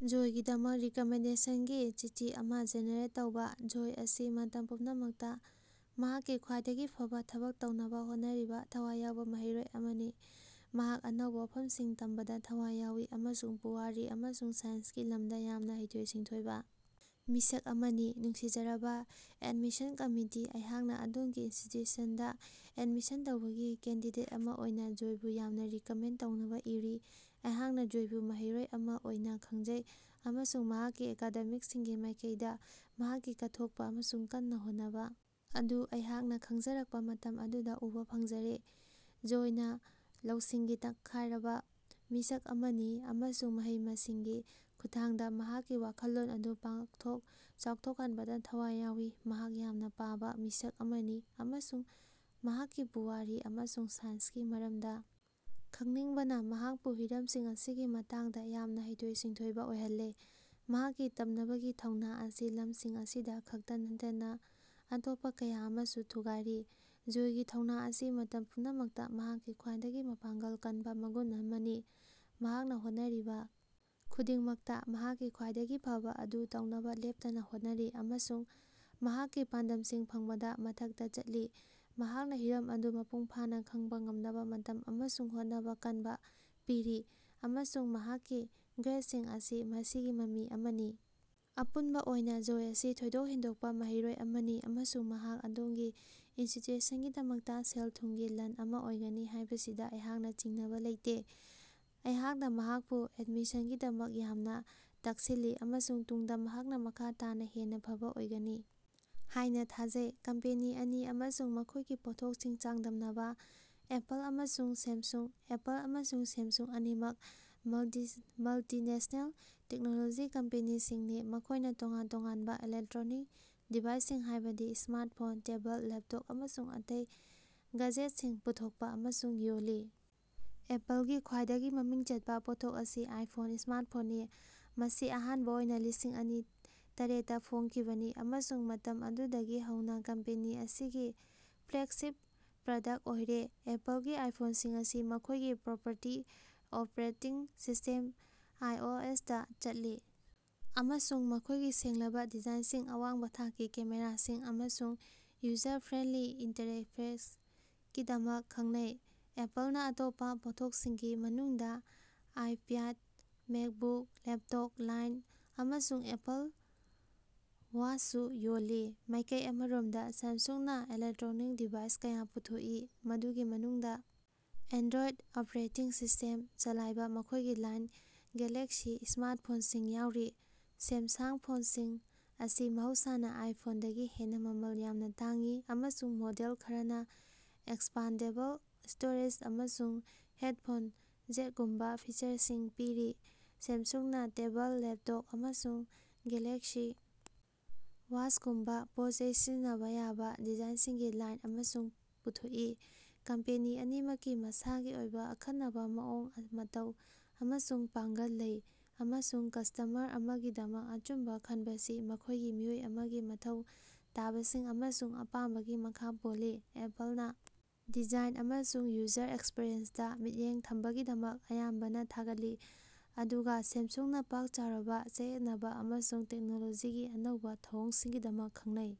ꯖꯣꯏꯒꯤꯗꯃꯛ ꯔꯤꯀꯃꯦꯟꯗꯦꯁꯟꯒꯤ ꯆꯤꯊꯤ ꯑꯃ ꯖꯦꯅꯦꯔꯦꯠ ꯇꯧꯕ꯫ ꯖꯣꯏ ꯑꯁꯤ ꯃꯇꯝ ꯄꯨꯝꯅꯃꯛꯇ ꯃꯍꯥꯛꯀꯤ ꯈ꯭ꯋꯥꯏꯗꯒꯤ ꯐꯕꯥ ꯊꯕꯛ ꯇꯧꯅꯕ ꯍꯣꯠꯅꯔꯤꯕꯥ ꯊꯋꯥꯏ ꯌꯥꯎꯕ‌ ꯃꯍꯩꯔꯣꯏ ꯑꯃꯅꯤ꯫ ꯃꯍꯥꯛ ꯑꯅꯧꯕ ꯋꯥꯐꯝꯁꯤꯡ ꯇꯝꯕꯗ ꯊꯋꯥꯏ ꯌꯥꯎꯏ ꯑꯃꯁꯨꯡ ꯄꯨꯋꯥꯔꯤ ꯑꯃꯁꯨꯡ ꯁꯥꯏꯟꯁꯀꯤ ꯂꯝꯗ ꯌꯥꯝꯅ ꯍꯩꯊꯣꯏ-ꯁꯤꯡꯊꯣꯏꯕ ꯃꯤꯁꯛ ꯑꯃꯅꯤ꯫ ꯅꯨꯡꯁꯤꯖꯔꯕꯥ ꯑꯦꯗꯃꯤꯁꯟ ꯀꯝꯃꯤꯇꯤ, ꯑꯩꯍꯥꯛꯅ ꯑꯗꯣꯝꯒꯤ ꯏꯟꯁꯇꯤꯇ꯭ꯌꯨꯁꯟꯗ ꯑꯦꯗꯃꯤꯁꯟ ꯇꯧꯕꯒꯤ ꯀꯦꯟꯗꯤꯗꯦꯠ ꯑꯃ ꯑꯣꯏꯅ ꯖꯣꯏꯕꯨ ꯌꯥꯝꯅꯥ ꯔꯤꯀꯃꯦꯟꯗ ꯇꯧꯅꯕꯥ ꯏꯔꯤ꯫ ꯑꯩꯍꯥꯛꯅ ꯖꯣꯏꯕꯨ ꯃꯍꯩꯔꯣꯏ ꯑꯃ ꯑꯣꯏꯅ ꯈꯪꯖꯩ ꯑꯃꯁꯨꯡ ꯃꯍꯥꯛꯀꯤ ꯑꯦꯀꯥꯗꯦꯃꯤꯛꯁꯤꯡꯒꯤ ꯃꯥꯏꯀꯩꯗ ꯃꯍꯥꯛꯀꯤ ꯀꯠꯊꯣꯛꯄ ꯑꯃꯁꯨꯡ ꯀꯟꯅ ꯍꯣꯠꯅꯕ ꯑꯗꯨ ꯑꯩꯍꯥꯛꯅ ꯈꯪꯖꯔꯛꯄ ꯃꯇꯝ ꯑꯗꯨꯗ ꯎꯕꯥ ꯐꯪꯖꯔꯦ꯫ ꯖꯣꯏꯅ ꯂꯧꯁꯤꯡꯒꯤ ꯇꯛꯈꯥꯏꯔꯕꯥ ꯃꯤꯁꯛ ꯑꯃꯅꯤ ꯑꯃꯁꯨꯡ ꯃꯍꯩ-ꯃꯁꯤꯡꯒꯤ ꯈꯨꯠꯊꯥꯡꯗ ꯃꯍꯥꯛꯀꯤ ꯋꯥꯈꯜꯂꯣꯟ ꯑꯗꯨ ꯄꯥꯛꯊꯣꯛ ꯆꯥꯎꯊꯣꯛꯍꯟꯕꯗ ꯊꯋꯥꯏ ꯌꯥꯎꯏ꯫ ꯃꯍꯥꯛ ꯌꯥꯝꯅ ꯄꯥꯕ ꯃꯤꯁꯛ ꯑꯃꯅꯤ ꯑꯃꯁꯨꯡ ꯃꯍꯥꯛꯀꯤ ꯄꯨꯋꯥꯔꯤ ꯑꯃꯁꯨꯡ ꯁꯥꯏꯟꯁꯀꯤ ꯃꯔꯝꯗ ꯈꯪꯅꯤꯡꯕꯅ ꯃꯍꯥꯛꯄꯨ ꯍꯤꯔꯝꯁꯤꯡ ꯑꯁꯤꯒꯤ ꯃꯇꯥꯡꯗ ꯌꯥꯝꯅ ꯍꯩꯊꯣꯏ-ꯁꯤꯡꯊꯣꯏꯕ ꯑꯣꯏꯍꯜꯂꯦ꯫ ꯃꯍꯥꯛꯀꯤ ꯇꯝꯅꯕꯒꯤ ꯊꯧꯅ ꯑꯁꯤ ꯂꯝꯁꯤꯡ ꯑꯁꯤꯗ ꯈꯛꯇ ꯅꯠꯇꯅꯥ ꯑꯇꯣꯞꯄ ꯀꯌꯥ ꯑꯃꯁꯨ ꯊꯨꯒꯥꯏꯔꯤ꯫ ꯖꯣꯏꯒꯤ ꯊꯧꯅ ꯑꯁꯤ ꯃꯇꯝ ꯄꯨꯝꯅꯃꯛꯇ ꯃꯍꯥꯛꯀꯤ ꯈ꯭ꯋꯥꯏꯗꯒꯤ ꯃꯄꯥꯡꯒꯜ ꯀꯟꯕꯥ ꯃꯒꯨꯟ ꯑꯃꯅꯤ꯫ ꯃꯍꯥꯛꯅ ꯍꯣꯠꯅꯔꯤꯕ ꯈꯨꯗꯤꯡꯃꯛꯇ ꯃꯍꯥꯛꯀꯤ ꯈ꯭ꯋꯥꯏꯗꯒꯤ ꯐꯕꯥ ꯑꯗꯨ ꯇꯧꯅꯕ ꯂꯦꯞꯇꯅ ꯍꯣꯠꯅꯔꯤ ꯑꯃꯁꯨꯡ ꯃꯍꯥꯛꯀꯤ ꯄꯥꯟꯗꯝꯁꯤꯡ ꯐꯪꯕꯗꯥ ꯃꯊꯛꯇ ꯆꯠꯂꯤ꯫ ꯃꯍꯥꯛꯅ ꯍꯤꯔꯝ ꯑꯗꯨ ꯃꯄꯨꯡ ꯐꯥꯅ ꯈꯪꯕ ꯉꯝꯅꯕꯥ ꯃꯇꯝ ꯑꯃꯁꯨꯡ ꯍꯣꯠꯅꯕ ꯀꯟꯕ ꯄꯤꯔꯤ ꯑꯃꯁꯨꯡ ꯃꯍꯥꯛꯀꯤ ꯒ꯭ꯔꯦꯗꯁꯤꯡ ꯑꯁꯤ ꯃꯁꯤꯒꯤ ꯃꯃꯤ ꯑꯃꯅꯤ꯫ ꯑꯄꯨꯟꯕ ꯑꯣꯏꯅ ꯖꯣꯏ ꯑꯁꯤ ꯊꯣꯏꯗꯣꯛ ꯍꯦꯟꯗꯣꯛꯄ ꯃꯍꯩꯔꯣꯏ ꯑꯃꯅꯤ ꯑꯃꯁꯨꯡ ꯃꯍꯥꯛ ꯑꯗꯣꯝꯒꯤ ꯏꯟꯁꯇꯤꯇ꯭ꯌꯨꯁꯟꯒꯤꯗꯃꯛꯇ ꯁꯦꯜ-ꯊꯨꯝꯒꯤ ꯂꯟ ꯑꯃ ꯑꯣꯏꯒꯅꯤ ꯍꯥꯏꯕꯁꯤꯗꯥ ꯑꯩꯍꯥꯛꯅ ꯆꯤꯡꯅꯕꯥ ꯂꯩꯇꯦ꯫ ꯑꯩꯍꯥꯛꯅ ꯃꯍꯥꯛꯄꯨ ꯑꯦꯗꯃꯤꯁꯟꯒꯤꯗꯃꯛ ꯌꯥꯝꯅ ꯇꯛꯁꯤꯜꯂꯤ ꯑꯃꯁꯨꯡ ꯇꯨꯡꯗ ꯃꯍꯥꯛꯅ ꯃꯈꯥ ꯇꯥꯅ ꯍꯦꯟꯅ ꯐꯕꯥ ꯑꯣꯏꯒꯅꯤ ꯍꯥꯏꯅ ꯊꯥꯖꯩ꯫ ꯀꯝꯄꯦꯅꯤ ꯑꯅꯤ ꯑꯃꯁꯨꯡ ꯃꯈꯣꯏꯒꯤ ꯄꯣꯠꯊꯣꯛꯁꯤꯡ ꯆꯥꯡꯗꯝꯅꯕꯥ꯫ ꯑꯦꯄꯜ ꯑꯃꯁꯨꯡ ꯁꯦꯝꯁꯨꯡ꯫ ꯑꯦꯄꯜ ꯑꯃꯁꯨꯡ ꯁꯦꯝꯁꯨꯡ ꯑꯅꯤꯃꯛ ꯃꯜꯇꯤꯅꯦꯁꯅꯦꯜ ꯇꯦꯛꯅꯣꯂꯣꯖꯤ ꯀꯝꯄꯦꯅꯤꯁꯤꯡꯅꯤ ꯃꯈꯣꯏꯅ ꯇꯣꯉꯥꯟ ꯇꯣꯉꯥꯟꯕ ꯏꯂꯦꯛꯇ꯭ꯔꯣꯅꯤꯛ ꯗꯤꯚꯥꯏꯁꯁꯤꯡ ꯍꯥꯏꯕꯗꯤ ꯁ꯭ꯃꯥꯔꯠꯐꯣꯟ, ꯇꯦꯕꯜ, ꯂꯦꯞꯇꯣꯞ, ꯑꯃꯁꯨꯡ ꯑꯇꯩ ꯒꯥꯖꯦꯠꯁꯤꯡ ꯄꯨꯊꯣꯛꯄ ꯑꯃꯁꯨꯡ ꯌꯣꯜꯂꯤ꯫ ꯑꯦꯄꯜꯒꯤ ꯈ꯭ꯋꯥꯏꯗꯒꯤ ꯃꯃꯤꯡ ꯆꯠꯄ ꯄꯣꯠꯊꯣꯛ ꯑꯁꯤ ꯑꯥꯏꯐꯣꯟ ꯁ꯭ꯃꯥꯔꯠꯐꯣꯟꯅꯤ, ꯃꯁꯤ ꯑꯍꯥꯟꯕ ꯑꯣꯏꯅ ꯂꯤꯁꯤꯡ ꯑꯅꯤ ꯇꯔꯦꯠꯇꯥ ꯐꯣꯡꯈꯤꯕꯅꯤ ꯑꯃꯁꯨꯡ ꯃꯇꯝ ꯑꯗꯨꯗꯒꯤ ꯍꯧꯅ ꯀꯝꯄꯦꯅꯤ ꯑꯁꯤꯒꯤ ꯐ꯭ꯂꯦꯒꯁꯤꯞ ꯄ꯭ꯔꯗꯛꯇ ꯑꯣꯏꯔꯦ꯫ ꯑꯦꯄꯜꯒꯤ ꯑꯥꯏꯐꯣꯟꯁꯤꯡ ꯑꯁꯤ ꯃꯈꯣꯏꯒꯤ ꯄ꯭ꯔꯣꯄꯔꯇꯤ ꯑꯣꯄ꯭ꯔꯦꯇꯤꯡ ꯁꯤꯁꯇꯦꯝ, ꯑꯥꯏꯑꯣꯑꯦꯁꯇꯥ ꯆꯠꯂꯤ ꯑꯃꯁꯨꯡ ꯃꯈꯣꯏꯒꯤ ꯁꯦꯡꯂꯕꯥ ꯗꯤꯖꯥꯏꯟꯁꯤꯡ, ꯑꯋꯥꯡꯕ ꯊꯥꯛꯀꯤ ꯀꯦꯃꯦꯔꯥꯁꯤꯡ ꯑꯃꯁꯨꯡ ꯌꯨꯖꯔ ꯐ꯭ꯔꯦꯟꯗꯂꯤ ꯏꯟꯇꯔꯐꯦꯁꯀꯤꯗꯃꯛ ꯈꯪꯅꯩ꯫ ꯑꯦꯄꯜꯅ ꯑꯇꯣꯞꯄ ꯄꯣꯠꯊꯣꯛꯁꯤꯡꯒꯤ ꯃꯅꯨꯡꯗ ꯑꯥꯏꯄ꯭ꯌꯥꯗ, ꯃꯦꯛꯕꯨꯛ ꯂꯦꯞꯇꯣꯞ ꯂꯥꯏꯟ, ꯑꯃꯁꯨꯡ ꯑꯦꯄꯜ ꯋꯥꯆꯁꯨ ꯌꯣꯜꯂꯤ꯫ ꯃꯥꯏꯀꯩ ꯑꯃꯔꯣꯝꯗ ꯁꯥꯝꯁꯨꯡꯅ ꯏꯂꯦꯛꯇ꯭ꯔꯣꯅꯤꯛ ꯗꯤꯚꯥꯏꯁ ꯀꯌꯥ ꯄꯨꯊꯣꯛꯏ, ꯃꯗꯨꯒꯤ ꯃꯅꯨꯡꯗ ꯑꯦꯟꯗ꯭ꯔꯣꯏꯗ ꯑꯣꯄ꯭ꯔꯦꯇꯤꯡ ꯁꯤꯁꯇꯦꯝꯗ ꯆꯂꯥꯏꯕ ꯃꯈꯣꯏꯒꯤ ꯂꯥꯏꯟ ꯒꯦꯂꯥꯛꯁꯤ ꯁ꯭ꯃꯥꯔꯠꯐꯣꯟꯁꯤꯡ ꯌꯥꯎꯔꯤ꯫ ꯁꯦꯝꯁꯥꯡ ꯐꯣꯟꯁꯤꯡ ꯑꯁꯤ ꯃꯍꯧꯁꯥꯅ ꯑꯥꯏꯐꯣꯟꯗꯒꯤ ꯍꯦꯟꯅ ꯃꯃꯜ ꯌꯥꯝꯅ ꯇꯥꯡꯏ, ꯑꯃꯁꯨꯡ ꯃꯣꯗꯦꯜ ꯈꯔꯅꯥ ꯑꯦꯛꯁꯄꯥꯟꯗꯦꯕꯜ ꯁ꯭ꯇꯣꯔꯦꯖ ꯑꯃꯁꯨꯡ ꯍꯦꯗꯐꯣꯟ ꯖꯦꯛꯒꯨꯝꯕ ꯐꯤꯆꯔꯁꯤꯡ ꯄꯤꯔꯤ꯫ ꯁꯦꯝꯁꯨꯡꯅ ꯇꯦꯕꯜ, ꯂꯦꯞꯇꯣꯞ, ꯑꯃꯁꯨꯡ ꯒꯦꯂꯥꯛꯁꯤ ꯋꯥꯆꯒꯨꯝꯕꯥ ꯄꯣꯠꯆꯩ ꯁꯤꯖꯤꯟꯅꯕꯥ ꯌꯥꯕ ꯗꯤꯚꯥꯏꯁꯁꯤꯡꯒꯤ ꯂꯥꯏꯟ ꯑꯃꯁꯨ ꯄꯨꯊꯣꯛꯏ꯫ ꯀꯝꯄꯦꯅꯤ ꯑꯅꯤꯃꯛꯀꯤ ꯃꯁꯥꯒꯤ ꯑꯣꯏꯕ ꯑꯈꯟꯅꯕꯥ ꯃꯑꯣꯡ ꯃꯇꯧ ꯑꯃꯁꯨꯡ ꯄꯥꯡꯒꯜ ꯂꯩ, ꯑꯃꯁꯨꯡ ꯀꯁ꯭ꯇꯃꯔ ꯑꯃꯒꯤꯗꯃꯛ ꯑꯆꯨꯝꯕ ꯈꯟꯕꯁꯤ ꯃꯈꯣꯏꯒꯤ ꯃꯤꯑꯣꯏ ꯑꯃꯒꯤ ꯃꯊꯧ ꯇꯥꯕꯁꯤꯡ ꯑꯃꯁꯨꯡ ꯑꯄꯥꯝꯕꯒꯤ ꯃꯈꯥ ꯄꯣꯜꯂꯤ꯫ ꯑꯦꯄꯜꯅ ꯗꯤꯖꯥꯏꯟ ꯑꯃꯁꯨꯡ ꯌꯨꯖꯔ ꯑꯦꯛꯁꯄꯤꯔꯤꯑꯦꯟꯁꯇꯥ ꯃꯤꯠꯌꯦꯡ ꯊꯝꯕꯒꯤꯗꯃꯛ ꯑꯌꯥꯝꯕꯅꯥ ꯊꯥꯒꯠꯂꯤ, ꯑꯗꯨꯒ ꯁꯦꯝꯁꯨꯡꯅ ꯄꯥꯛ ꯆꯥꯎꯔꯕꯥ ꯆꯌꯦꯠꯅꯕꯥ ꯑꯃꯁꯨꯡ ꯇꯦꯛꯅꯣꯂꯣꯖꯤꯒꯤ ꯑꯅꯧꯕ ꯊꯧꯑꯣꯡꯁꯤꯡꯒꯤꯗꯃꯛ ꯈꯪꯅꯩ꯫